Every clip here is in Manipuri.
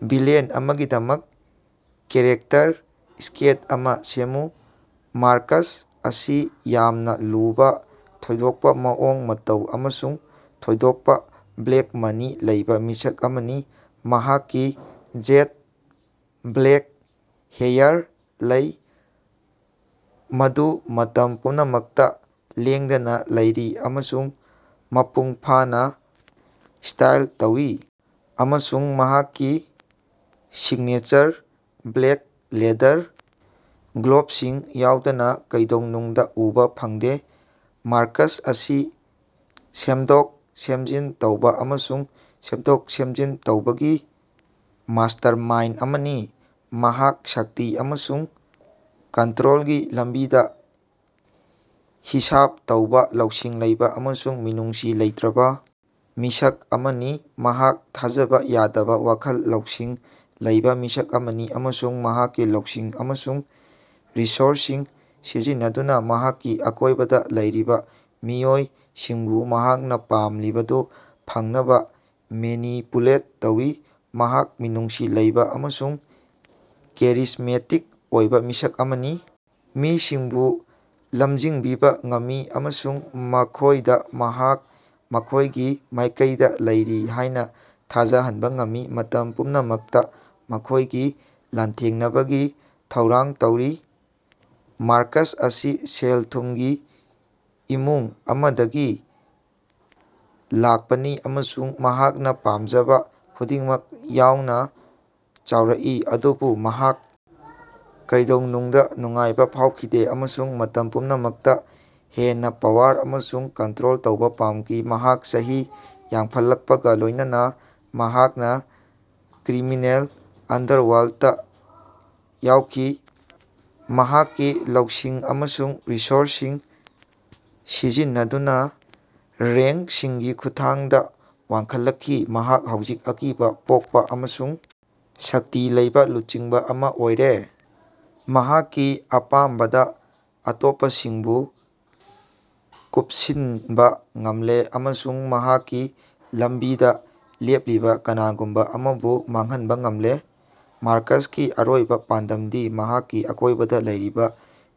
ꯚꯤꯂꯦꯟ ꯑꯃꯥꯒꯤꯗꯃꯛ ꯀꯦꯔꯛꯦꯇꯔ ꯁ꯭ꯀꯦꯠ ꯑꯃꯥ ꯁꯦꯝꯃꯨ꯫ꯃꯥꯔꯀꯁ ꯑꯁꯤ ꯌꯥꯝꯅꯥ ꯂꯨꯕꯥ, ꯊꯣꯏꯗꯣꯛꯄꯥ ꯃꯑꯣꯡ ꯃꯇꯧ ꯑꯃꯁꯨꯡ ꯊꯣꯏꯗꯣꯛꯄꯥ ꯕ꯭ꯂꯦꯛ ꯃꯅꯤ ꯂꯩꯕꯥ ꯃꯤꯁꯛ ꯑꯃꯅꯤ꯫ ꯃꯍꯥꯛꯀꯤ ꯖꯦꯠ-ꯕ꯭ꯂꯦꯛ ꯍꯦꯌꯥꯔ ꯂꯩ, ꯃꯗꯨ ꯃꯇꯝ ꯄꯨꯝꯅꯃꯛꯇꯥ ꯂꯦꯡꯗꯅꯥ ꯂꯩꯔꯤ ꯑꯃꯁꯨꯡ ꯃꯄꯨꯡ ꯐꯥꯅꯥ ꯁ꯭ꯇꯥꯏꯜ ꯇꯧꯏ ꯑꯃꯁꯨꯡ ꯃꯍꯥꯛꯀꯤ ꯁꯤꯛꯅꯦꯆꯔ ꯕ꯭ꯂꯦꯛ ꯂꯦꯗꯔ ꯒ꯭ꯂꯣꯕꯁꯤꯡ ꯌꯥꯎꯗꯅꯥ ꯀꯩꯗꯧꯅꯨꯡꯗꯥ ꯎꯕꯥ ꯐꯪꯗꯦ꯫ ꯃꯥꯔꯀꯁ ꯑꯁꯤ ꯁꯦꯝꯗꯣꯛ ꯁꯦꯝꯖꯤꯟ ꯇꯧꯕ ꯑꯃꯁꯨꯡ ꯁꯦꯝꯗꯣꯛ ꯁꯦꯝꯖꯤꯟ ꯇꯧꯕꯒꯤ ꯃꯥꯁ꯭ꯇꯔꯃꯥꯏꯟꯗ ꯑꯃꯅꯤ꯫ ꯃꯍꯥꯛ ꯁꯛꯇꯤ ꯑꯃꯁꯨꯡ ꯀꯟꯠꯔꯣꯜꯒꯤ ꯂꯝꯕꯤꯗꯥ ꯍꯤꯁꯥꯕ ꯇꯧꯕ, ꯂꯧꯁꯤꯡ ꯂꯩꯕ ꯑꯃꯁꯨꯡ ꯃꯤꯅꯨꯡꯁꯤ ꯂꯩꯇ꯭ꯔꯕ ꯃꯤꯁꯛ ꯑꯃꯅꯤ꯫ ꯃꯍꯥꯛ ꯊꯥꯖꯕ ꯌꯥꯗꯕ ꯋꯥꯈꯜ ꯂꯧꯁꯤꯡ ꯂꯩꯕ ꯃꯤꯁꯛ ꯑꯃꯅꯤ ꯑꯃꯁꯨꯡ ꯃꯍꯥꯛꯀꯤ ꯂꯧꯁꯤꯡ ꯑꯃꯁꯨꯡ ꯔꯤꯁꯣꯔꯁꯁꯤꯡ ꯁꯤꯖꯤꯟꯅꯗꯨꯅꯥ ꯃꯍꯥꯛꯀꯤ ꯑꯀꯣꯏꯕꯗꯥ ꯂꯩꯔꯤꯕ ꯃꯤꯑꯣꯏꯁꯤꯡꯕꯨ ꯃꯍꯥꯛꯅꯥ ꯄꯥꯝꯂꯤꯕꯗꯨ ꯐꯪꯅꯕꯥ ꯃꯦꯅꯤꯄꯨꯂꯦꯠ ꯇꯧꯏ꯫ ꯃꯍꯥꯛ ꯃꯤꯅꯨꯡꯁꯤ ꯂꯩꯕ ꯑꯃꯁꯨꯡ ꯀꯦꯔꯤꯖꯃꯦꯇꯤꯛ ꯑꯣꯏꯕ ꯃꯤꯁꯛ ꯑꯃꯅꯤ, ꯃꯤꯁꯤꯡꯕꯨ ꯂꯝꯖꯤꯡꯕꯤꯕ ꯉꯝꯃꯤ ꯑꯃꯁꯨꯡ ꯃꯈꯣꯏꯗꯥ ꯃꯍꯥꯛ ꯃꯈꯣꯏꯒꯤ ꯃꯥꯏꯀꯩꯗꯥ ꯂꯩꯔꯤ ꯍꯥꯏꯅꯥ ꯊꯥꯖꯍꯟꯕꯥ ꯉꯝꯃꯤ, ꯃꯇꯝ ꯄꯨꯝꯅꯃꯛꯇꯥ ꯃꯈꯣꯏꯒꯤ ꯂꯥꯟꯊꯦꯡꯅꯕꯒꯤ ꯊꯧꯔꯥꯡ ꯇꯧꯔꯤ꯫ ꯃꯥꯔꯀꯁ ꯑꯁꯤ ꯁꯦꯜ ꯊꯨꯝꯒꯤ ꯏꯃꯨꯡ ꯑꯃꯥꯗꯒꯤ ꯂꯥꯛꯄꯅꯤ ꯑꯃꯁꯨꯡ ꯃꯍꯥꯛꯅꯥ ꯄꯥꯝꯖꯕꯥ ꯈꯨꯗꯤꯡꯃꯛ ꯌꯥꯎꯅꯥ ꯆꯥꯎꯔꯛꯈꯤ꯫ ꯑꯗꯨꯕꯨ ꯃꯍꯥꯛ ꯀꯩꯗꯧꯅꯨꯡꯗꯥ ꯅꯨꯡꯉꯥꯏꯕꯥ ꯐꯥꯎꯈꯤꯗꯦ ꯑꯃꯁꯨꯡ ꯃꯇꯝ ꯄꯨꯝꯅꯃꯛꯇꯥ ꯍꯦꯟꯅꯥ ꯄꯥꯋꯔ ꯑꯃꯁꯨꯡ ꯀꯟꯠꯔꯣꯜ ꯇꯧꯕ ꯄꯥꯝꯈꯤ꯫ ꯃꯍꯥꯛ ꯆꯍꯤ ꯌꯥꯝꯈꯠꯂꯛꯄꯒꯥ ꯂꯣꯏꯅꯅꯥ ꯃꯍꯥꯛꯅꯥ ꯀ꯭ꯔꯤꯃꯤꯅꯦꯜ ꯑꯟꯗꯔꯋꯔꯜꯗꯇꯥ ꯌꯥꯎꯈꯤ, ꯃꯍꯥꯛꯀꯤ ꯂꯧꯁꯤꯡ ꯑꯃꯁꯨꯡ ꯔꯤꯁꯣꯔꯁꯁꯤꯡ ꯁꯤꯖꯤꯟꯅꯗꯨꯅꯥ ꯔꯦꯉ꯭ꯀꯁꯤꯡꯒꯤ ꯈꯨꯠꯊꯥꯡꯗꯥ ꯋꯥꯡꯈꯠꯂꯛꯈꯤ꯫ ꯃꯍꯥꯛ ꯍꯧꯖꯤꯛ ꯑꯀꯤꯕꯥ ꯄꯣꯛꯄꯥ ꯑꯃꯁꯨꯡ ꯁꯛꯇꯤ ꯂꯩꯕ ꯂꯨꯆꯤꯡꯕꯥ ꯑꯃꯥ ꯑꯣꯏꯔꯦ꯫ ꯃꯍꯥꯛꯀꯤ ꯑꯄꯥꯝꯕꯗꯥ ꯑꯇꯣꯞꯄꯁꯤꯡꯕꯨ ꯀꯨꯄꯁꯤꯅꯕꯥ ꯉꯝꯂꯦ ꯑꯃꯁꯨꯡ ꯃꯍꯥꯛꯀꯤ ꯂꯝꯕꯤꯗꯥ ꯂꯦꯞꯂꯤꯕꯥ ꯀꯅꯥꯒꯨꯝꯕꯥ ꯑꯃꯕꯨ ꯃꯥꯡꯍꯟꯕꯥ ꯉꯝꯂꯦ꯫ ꯃꯥꯔꯀꯁꯀꯤ ꯑꯔꯣꯏꯕꯥ ꯄꯥꯟꯗꯝꯗꯤ ꯃꯍꯥꯛꯀꯤ ꯑꯀꯣꯏꯕꯗꯥ ꯂꯩꯔꯤꯕꯥ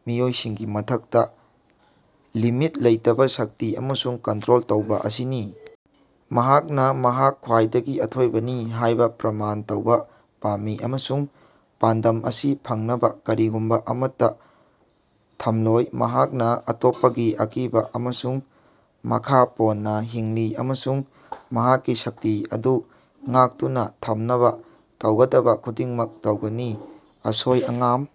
ꯃꯤꯑꯣꯏꯁꯤꯡꯒꯤ ꯃꯊꯛꯇꯥ ꯂꯤꯃꯤꯠ ꯂꯩꯇꯕꯥ ꯁꯛꯇꯤ ꯑꯃꯁꯨꯡ ꯀꯟꯠꯔꯣꯜ ꯇꯧꯕ ꯑꯁꯤꯅꯤ꯫ ꯃꯍꯥꯛꯅꯥ ꯃꯍꯥꯛ ꯈ꯭ꯋꯥꯏꯗꯒꯤ ꯑꯊꯣꯏꯕꯅꯤ ꯍꯥꯏꯕ ꯄ꯭ꯔꯃꯥꯟ ꯇꯧꯕ ꯄꯥꯝꯃꯤ ꯑꯃꯁꯨꯡ ꯄꯥꯟꯗꯝ ꯑꯁꯤ ꯐꯪꯅꯕꯥ ꯀꯔꯤꯒꯨꯝꯕꯥ ꯑꯃꯠꯇꯥ ꯊꯝꯂꯣꯏ꯫ ꯃꯍꯥꯛꯅꯥ ꯑꯇꯣꯞꯄꯒꯤ ꯑꯀꯤꯕꯥ ꯑꯃꯁꯨꯡ ꯃꯈꯥ ꯄꯣꯟꯅꯥ ꯍꯤꯡꯂꯤ ꯑꯃꯁꯨꯡ ꯃꯍꯥꯛꯀꯤ ꯁꯛꯇꯤ ꯑꯗꯨ ꯉꯥꯛꯇꯨꯅꯥ ꯊꯝꯅꯕꯥ ꯇꯧꯒꯗꯕꯥ ꯈꯨꯗꯤꯡꯃꯛ ꯇꯧꯒꯅꯤ꯫ ꯑꯁꯣꯏ ꯑꯉꯥꯝ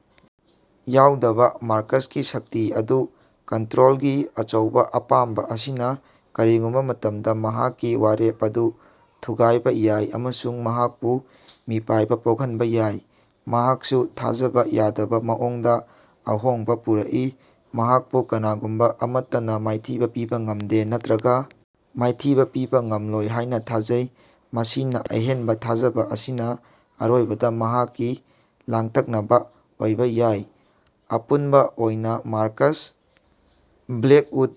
ꯌꯥꯎꯗꯕꯥ ꯃꯥꯔꯀꯁꯀꯤ ꯁꯛꯇꯤ ꯑꯃꯁꯨꯡ ꯀꯟꯠꯔꯣꯜꯒꯤ ꯑꯆꯧꯕꯥ ꯑꯄꯥꯝꯕꯥ ꯑꯁꯤꯅꯥ ꯀꯔꯤꯒꯨꯝꯕꯥ ꯃꯇꯝꯗꯥ ꯃꯍꯥꯛꯀꯤ ꯋꯥꯔꯦꯞ ꯑꯗꯨ ꯊꯨꯒꯥꯏꯕꯥ ꯌꯥꯏ ꯑꯃꯁꯨꯡ ꯃꯍꯥꯛꯄꯨ ꯃꯤꯄꯥꯏꯕꯥ ꯄꯣꯛꯍꯟꯕꯥ ꯌꯥꯏ꯫ ꯃꯍꯥꯛꯁꯨ ꯊꯥꯖꯕꯥ ꯌꯥꯗꯕꯥ ꯃꯑꯣꯡꯗꯥ ꯑꯍꯣꯡꯕꯥ ꯄꯨꯔꯛꯏ, ꯃꯍꯥꯛꯄꯨ ꯀꯅꯥꯒꯨꯝꯕꯥ ꯑꯃꯠꯇꯅꯥ ꯃꯥꯏꯊꯤꯕꯥ ꯄꯤꯕꯥ ꯉꯃꯗꯦ ꯅꯠꯇ꯭ꯔꯒꯥ ꯃꯥꯏꯊꯤꯕꯥ ꯄꯤꯕꯥ ꯉꯝꯂꯣꯏ ꯍꯥꯏꯅꯥ ꯊꯥꯖꯩ꯫ ꯃꯁꯤꯒꯤ ꯑꯍꯦꯟꯕꯥ ꯊꯥꯖꯕꯥ ꯑꯁꯤꯅꯥ ꯑꯔꯣꯏꯕꯗꯥ ꯃꯍꯥꯛꯀꯤ ꯂꯥꯡꯇꯛꯅꯕꯥ ꯑꯣꯏꯕꯥ ꯌꯥꯏ꯫ ꯑꯄꯨꯟꯕꯥ ꯑꯣꯏꯅꯥ ꯃꯥꯔꯀꯁ ꯕ꯭ꯂꯦꯀꯎꯗ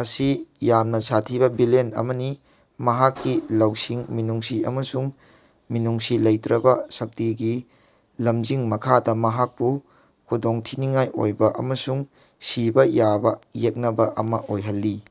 ꯑꯁꯤ ꯌꯥꯝꯅꯥ ꯁꯥꯊꯤꯕꯥ ꯚꯤꯂꯦꯟ ꯑꯃꯅꯤ꯫ ꯃꯍꯥꯛꯀꯤ ꯂꯧꯁꯤꯡ, ꯃꯤꯅꯨꯡꯁꯤ ꯑꯃꯁꯨꯡ ꯃꯤꯅꯨꯡꯁꯤ ꯂꯩꯇ꯭ꯔꯕꯥ ꯁꯛꯇꯤꯒꯤ ꯂꯝꯖꯤꯡ ꯃꯈꯥꯗꯥ ꯃꯍꯥꯛꯄꯨ ꯈꯨꯗꯣꯡꯊꯤꯅꯤꯡꯉꯥꯏ ꯑꯣꯏꯕ ꯑꯃꯁꯨꯡ ꯁꯤꯕꯥ ꯌꯥꯕ ꯌꯦꯛꯅꯕꯥ ꯑꯃꯥ ꯑꯣꯏꯍꯜꯂꯤ꯫